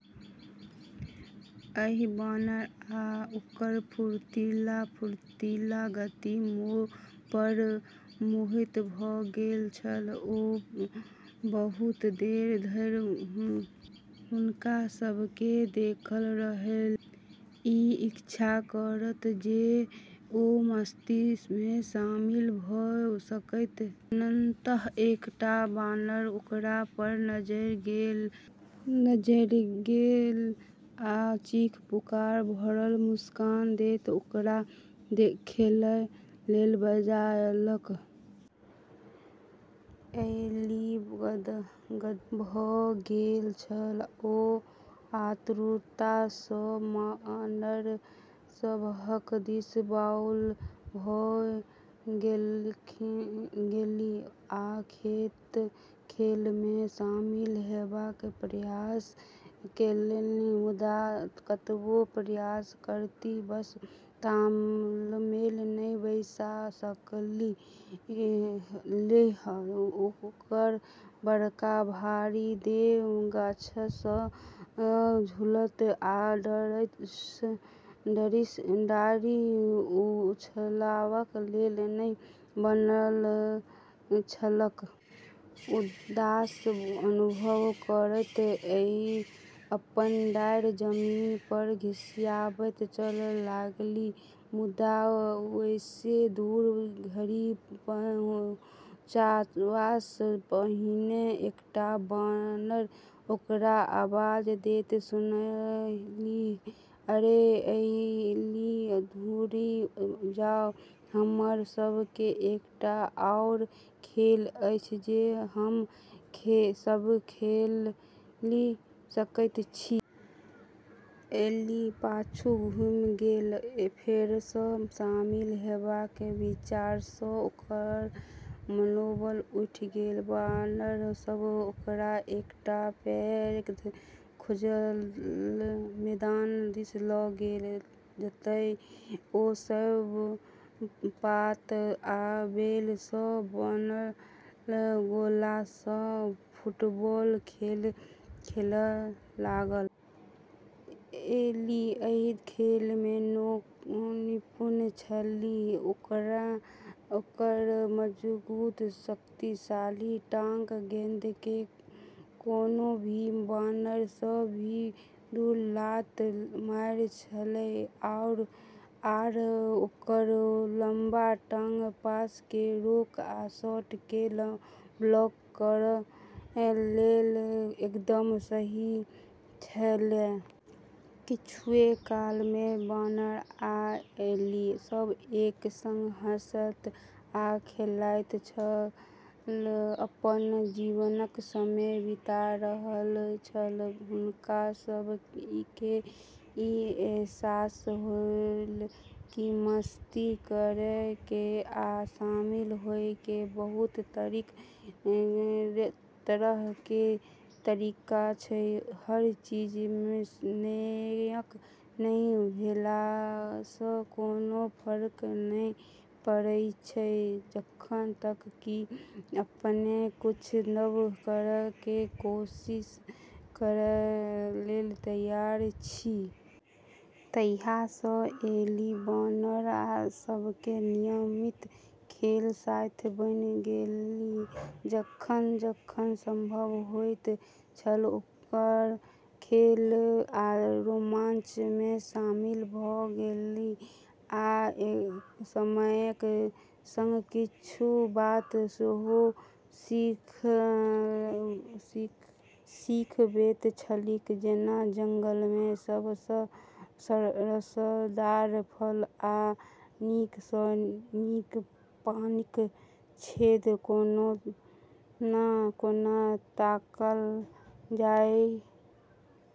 एली बानर आ ओकर फुर्तीला, फुर्तीला गति पर मोहित भऽ गेल छल। ओ बहुत देर धरि हुनका सभ केँ देखैत रहलीह, ई इच्छा करैत जे ओ मस्ती में शामिल भऽ सकथि। अन्ततः एकटा बानर ओकरा पर नजरि गेलै आ चीख-पुकार भरल मुस्कान दैत ओकरा खेलय लेल बजौलक। एली गदगद भऽ गेल छल! ओ आतुरता सँ बानर सभक दिस बाउंड भऽ गेलीह आ खेल में शामिल हेबाक प्रयास केलनि। मुदा कतबो प्रयास करथि, बस तालमेल नहि बैसा सकलीह। ओकर बड़का भारी देह गाछसँ झूलैत आ डारिसँ डारि उछलबाक लेल नहि बनल छलैक। उदास अनुभव करैत एली अपन डारि जमीन पर घिसियबैत चलय लागलि। मुदा बेसी दूर धरि पहुँचबासँ पहिने एकटा बानर ओकरा आवाज दैत सुनलीह। "अरे, एली, घुरि जाउ! हमरा सभ केँ एकटा आओर खेल अछि जे हम सभ खेलि सकैत छी!" एली पाछू घुमि गेलै, फेरसँ शामिल हेबाक विचारसँ ओकर मनोबल उठि गेलै। बानर सभ ओकरा एकटा पैघ खुजल मैदान दिस ल' गेलै, जतय ओ सभ पात आ बेल सँ बनल गोला सँ फुटबॉलक खेल खेलय लागल। एली एहि खेल में निपुण छलीह। ओकर मजबूत, शक्तिशाली टांग गेंद केँ कोनो भी बानर सँ भी दूर लात मारै छलै, आर ओकर लम्बा ट्रंक पास केँ रोकै आ शॉट केँ ब्लॉक करै लेल एकदम सही छलै। किछुए काल में बानर आ एली सब एक संग हँसैत आ खेलाइत छल, अपन जीवनक समय बिता रहल छल। हुनका सब केँ ई अहसास होलै कि मस्ती करै के आ शामिल होय के बहुत तरह के तरीका छै, हर चीज में नेएक नहि भेलासँ कोनो फर्क नै पड़ै छै, जखन तक कि अपने किछु नव करै के कोशिश करै लेल तैयार छियै। तहिया सँ एली बानर सभक नियमित खेलक साथी बनि गेलीह, जखन-जखन संभव होइत छल, ओकर खेल आ रोमांच में शामिल भ' गेलीह। आ समयक संग किछु बात सेहो सिखबैत छलीह, जेना जंगल में सबसँ रसदार फल आ नीक सँ नीक पानिक छेद कोना ताकल जाय।